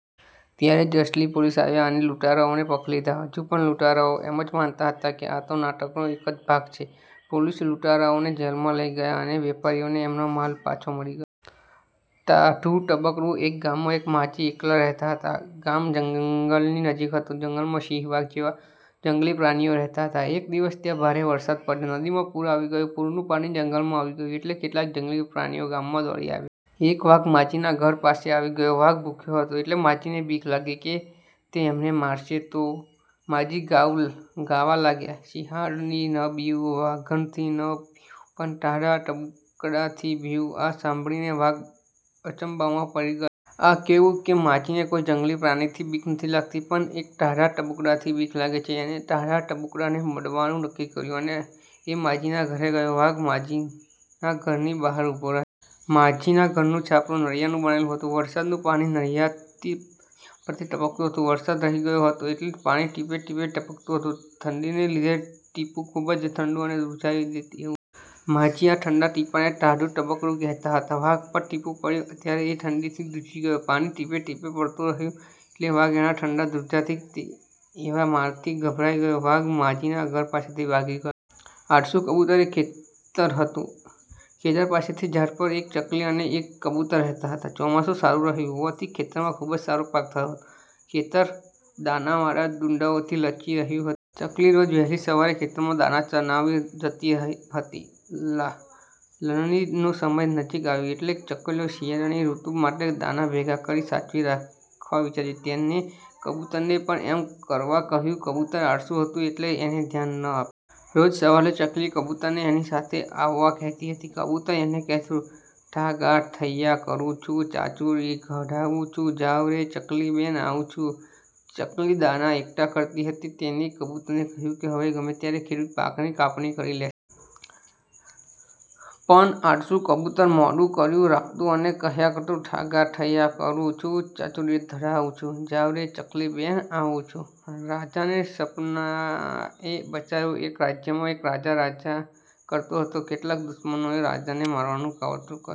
ત્યારે જ અસલી પોલીસ આવ્યા અને લૂંટારાઓને પકડી લીધા. હજી પણ લૂંટારાઓ એમ જ માનતા હતા કે આ તો નાટકનો જ એક ભાગ છે! પોલીસ લૂંટારાઓને જેલમાં લઇ ગયા અને વેપારીઓને એમનો માલ પાછો મળી ગયો. ટાઢું ટબુકડું એક ગામમાં એક માજી એકલાં રહેતાં હતાં. ગામ જંગલની નજીક હતું. જંગલમાં સિંહ, વાઘ જેવા જંગલી પ્રાણીઓ રહેતા હતા. એક દિવસ ત્યાં ભારે વરસાદ પડ્યો. નદીમાં પૂર આવી ગયું. પૂરનું પાણી જંગલમાં આવી ગયું એટલે કેટલાક જંગલી પ્રાણીઓ ગામમાં દોડી આવ્યા. એક વાઘ માજીના ઘર પાસે આવી ગયો. વાઘ ભૂખ્યો હતો એટલે માજીને બીક લાગીકે તે એમને મારશે તો? માજી ગાવા લાગ્યાં: સિંહડાથી ન બીવું, વાઘડાથી ન બીવું, પણ ટાઢા ટબુકડાથી બીવું". આ સાંભળીને વાઘ અચંબામાં પડી ગયો. આ કેવું કે માજીને કોઈ જંગલી પ્રાણીની બીક નથી લાગતી પણ એક ટાઢા ટબુકડાની બીક લાગે છે? એણે ટાઢા ટબુકડાને મળવાનું નક્કી કર્યું અને એ માજીના ઘરે ગયો. વાઘ માજીના ઘરની બહાર ઊભો રહ્યો. માજીના ઘરનું છાપરું નળિયાનું બનેલું હતું. વરસાદનું પાણી નળિયા પરથી ટપકતું હતું. વરસાદ રહી ગયો હતો એટલે પાણી ટીપે ટીપે ટપકતું હતું. ઠંડીને લીધે ટીપું ખુબ જ ઠંડુ અને ધ્રુજાવી દે એવું હતું. માજી આ ઠંડા ટીપાંને ટાઢું ટબુકડું કહેતાં હતાં. વાઘ પર ટીપું પડ્યું ત્યારે એ ઠંડીથી ધ્રુજી ગયો. પાણી ટીપે ટીપે પડતું હતું એટલે વાઘ એના ઠંડા, ધ્રુજાવી દે એવા મારથી ગભરાઈ ગયો. વાઘ માજીના ઘર પાસેથી ભાગી ગયો. આળસુ કબૂતર એક ખેતર હતું. ખેતર પાસેના ઝાડ પર એક ચકલી અને એક કબૂતર રહેતાં હતાં. ચોમાસું સારું રહ્યું હોવાથી ખેતરમાં ખુબ જ સારો પાક થયો હતો. ખેતર દાણા વાળા ડૂંડાઓથી લચી રહ્યું હતું. ચકલી રોજ વહેલી સવારે ખેતરમાં દાણા ચણવા જતી હતી. લણણી નો સમય નજીક આવ્યો એટલે ચકલીએ શિયાળાની ઋતુ માટે દાણા ભેગા કરી સાચવી રાખવા વિચાર્યું. તેણે કબૂતરને પણ એમ કરવા કહ્યું. કબૂતર આળસુ હતું એટલે એણે ધ્યાન ન આપ્યું. રોજ સવારે ચકલી કબૂતરને એની સાથે આવવા કહેતી હતી. કબૂતર એને કહેતું: "ઠાગા ઠૈયા કરું છું.. ચાંચુડી ઘડાવું છું... જાવ રે ચકલીબેન આવું છું.. " ચકલી દાણા એકઠા કરતી હતી. તેણે કબૂતરને કહ્યું કે હવે ગમે ત્યારે ખેડૂત પાકની કાપણી કરી લેશે. પણ આળસુ કબૂતર મોડું કર્યે રાખતું અને કહ્યા કરતું: "ઠાગા ઠૈયા કરું છું.. ચાંચુડી ઘડાવું છું... જાવ રે ચકલીબેન આવું છું.. " રાજાને સપનાએ બચાવ્યો!! એક રાજ્યમાં એક રાજા રાજ કરતો હતો. કેટલાક દુશ્મનોએ રાજાને મારવાનું કાવતરું કર્યું.